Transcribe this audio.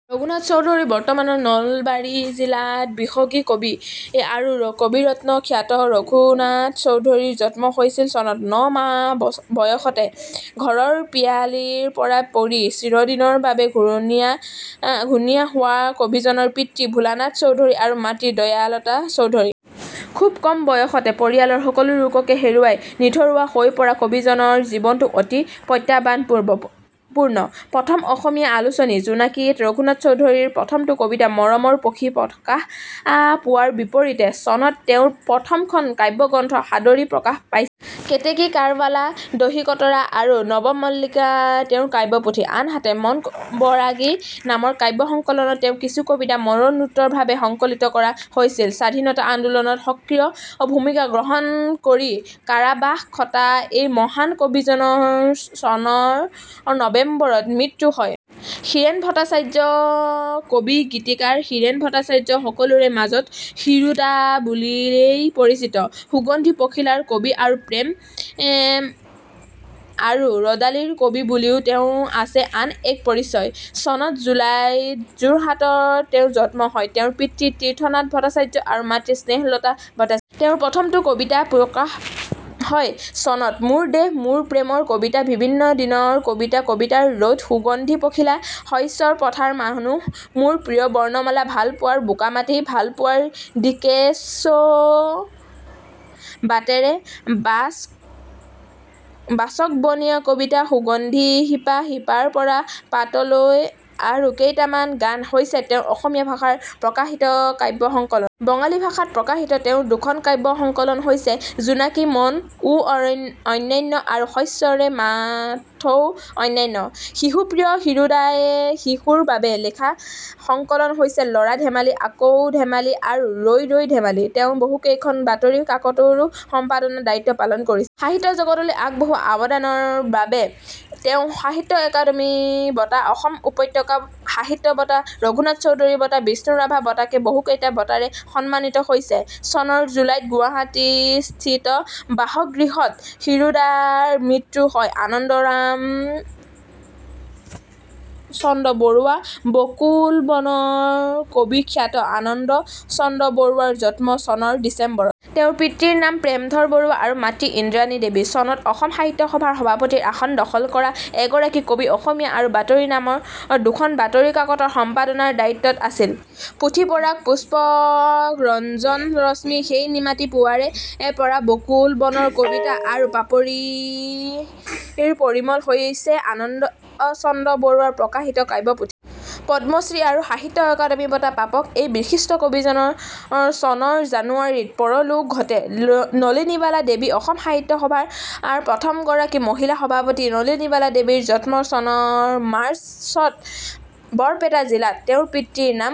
ৰঘুনাথ চৌধুৰী বৰ্তমানৰ নলবাৰী জিলাত 'বিহগী কবি' আৰু 'কবিৰত্ন'খ্যাত ৰঘুনাথ চৌধুৰীৰ জন্ম হৈছিল চনত। ন মাহ বয়সতে ঘৰৰ পিৰালীৰ পৰা পৰি চিৰদিনৰ বাবে ঘূণীয়া হোৱা কবিজনৰ পিতৃ ভোলানাথ চৌধুৰী আৰু মাতৃ দয়ালতা চৌধুৰী। খুব কম বয়সতে পৰিয়ালৰ সকলো লোককে হেৰুৱাই নিথৰুৱা হৈ পৰা কবিজনৰ জীৱনটো অতি প্ৰত্যাহ্বানপূৰ্ণ। প্ৰথম অসমীয়া আলোচনী জোনাকীত ৰঘুনাথ চৌধুৰীৰ প্ৰথমটো কবিতা 'মৰমৰ পখী' প্ৰকাশ পোৱাৰ বিপৰীতে চনত তেওঁৰ প্ৰথমখন কাব্যগ্ৰন্থ 'সাদৰী' প্ৰকাশ পাইছিল। 'কেতেকী', 'কাৰবালা', 'দহিকতৰা' আৰু 'নৱমল্লিকা' তেওঁৰ কাব্যপুথি। আনহাতে, 'মন বৰাগী' নামৰ কাব্য সংকলনত তেওঁৰ কিছু কবিতা মৰণোত্তৰভাৱে সংকলিত কৰা হৈছিল। স্বাধীনতা আন্দোলনত সক্ৰিয় ভূমিকা গ্ৰহণ কৰি কাৰাবাস খটা এই মহান কবিজনৰ চনৰ নবেম্বৰত মৃত্যু হয়। হীৰেন ভট্টাচাৰ্য কবি-গীতিকাৰ হীৰেন ভট্টাচাৰ্য সকলোৰে মাজত 'হীৰুদা' বুলিয়েই পৰিচিত। 'সুগন্ধী পখিলাৰ কবি' আৰু 'প্ৰেম আৰু ৰ'দালিৰ কবি' বুলিও তেওঁৰ আছে আন এক পৰিচয়। চনৰ জুলাইত যোৰহাটত তেওঁৰ জন্ম হয়। তেওঁৰ পিতৃ তীৰ্থনাথ ভট্টাচাৰ্য আৰু মাতৃ স্নেহলতা ভট্টাচাৰ্য। তেওঁৰ প্ৰথমটো কবিতা প্ৰকাশ হয় চনত। 'মোৰ দেশ মোৰ প্ৰেমৰ কবিতা', 'বিভিন্ন দিনৰ কবিতা', 'কবিতাৰ ৰ'দ', 'সুগন্ধি পখিলা', 'শইচৰ পথাৰ মানুহ', 'মোৰ প্ৰিয় বৰ্ণমালা', 'ভালপোৱাৰ বোকা-মাটি', 'ভালপোৱাৰ দিক্চৌ বাটেৰে', 'বাচকবনীয়া কবিতা', 'সুগন্ধি শিপা', 'শিপাৰ পৰা পাতলৈ' আৰু 'কেইটামান গান' হৈছে তেওঁৰ অসমীয়া ভাষাত প্ৰকাশিত কাব্য সংকলন। বঙালী ভাষাত প্ৰকাশিত তেওঁৰ দুখন কাব্য সংকলন হৈছে 'জোনাকী মন ও অন্যান্য' আৰু 'শস্যেৰ মাঠ ও অন্যান্য'। শিশুপ্ৰিয় হীৰুদায়ে শিশুৰ বাবে লেখা সংকলন হৈছে 'ল'ৰা ধেমালি', 'আকৌ ধেমালি' আৰু 'ৰৈ ৰৈ ধেমালি'। তেওঁ বহুকেইখন বাতৰি কাকতৰো সম্পাদনাৰ দায়িত্ব পালন কৰিছিল। সাহিত্য জগতলৈ আগবঢ়োৱা অৱদানৰ বাবে তেওঁ সাহিত্য অকাডেমী বঁটা, অসম উপত্যকা সাহিত্য বঁটা, ৰঘুনাথ চৌধুৰী বঁটা, বিষ্ণুৰাভা বঁটাকে বহুকেইটা বঁটাৰে সন্মানিত হৈছে। চনৰ জুলাইত গুৱাহাটীস্থিত বাসগৃহত হীৰুদাৰ মৃত্যু হয়। আনন্দ চন্দ্ৰ বৰুৱা 'বকুল বন'ৰ কবি খ্যাত আনন্দ চন্দ্ৰ বৰুৱাৰ জন্ম চনৰ ডিচেম্বৰত। তেওঁৰ পিতৃৰ নাম প্ৰেমধৰ বৰুৱা আৰু মাতৃ ইন্দ্ৰানী দেৱী। চনত অসম সাহিত্য সভাৰ সভাপতিৰ আসন দখল কৰা এইগৰাকী কবি 'অসমীয়া' আৰু 'বাতৰি' নামৰ দুখন বাতৰি কাকতৰ সম্পাদনাৰ দায়িত্বত আছিল। 'পুথি-পৰাগ', 'পুস্পক', 'ৰঞ্জন ৰশ্মি', 'সেই নিমাতি পুৱাৰে পৰা', 'বকুল বনৰ কবিতা' আৰু 'পাপৰিৰ পৰিমল' হৈছে আনন্দ চন্দ্ৰ বৰুৱাৰ প্ৰকাশিত কাব্য পুথি। পদ্মশ্ৰী আৰু সাহিত্য অকাডেমী বঁটা প্ৰাপক এই বিশিষ্ট কবিজনৰ চনৰ জানুৱাৰীত পৰলোক ঘটে। নলিনীৱালা দেৱী অসম সাহিত্য সভাৰ প্ৰথম গৰাকী মহিলা সভাপতি নলিনীৱালা দেৱীৰ জন্ম চনৰ মাৰ্চত বৰপেটা জিলাত। তেওঁৰ পিতৃৰ নাম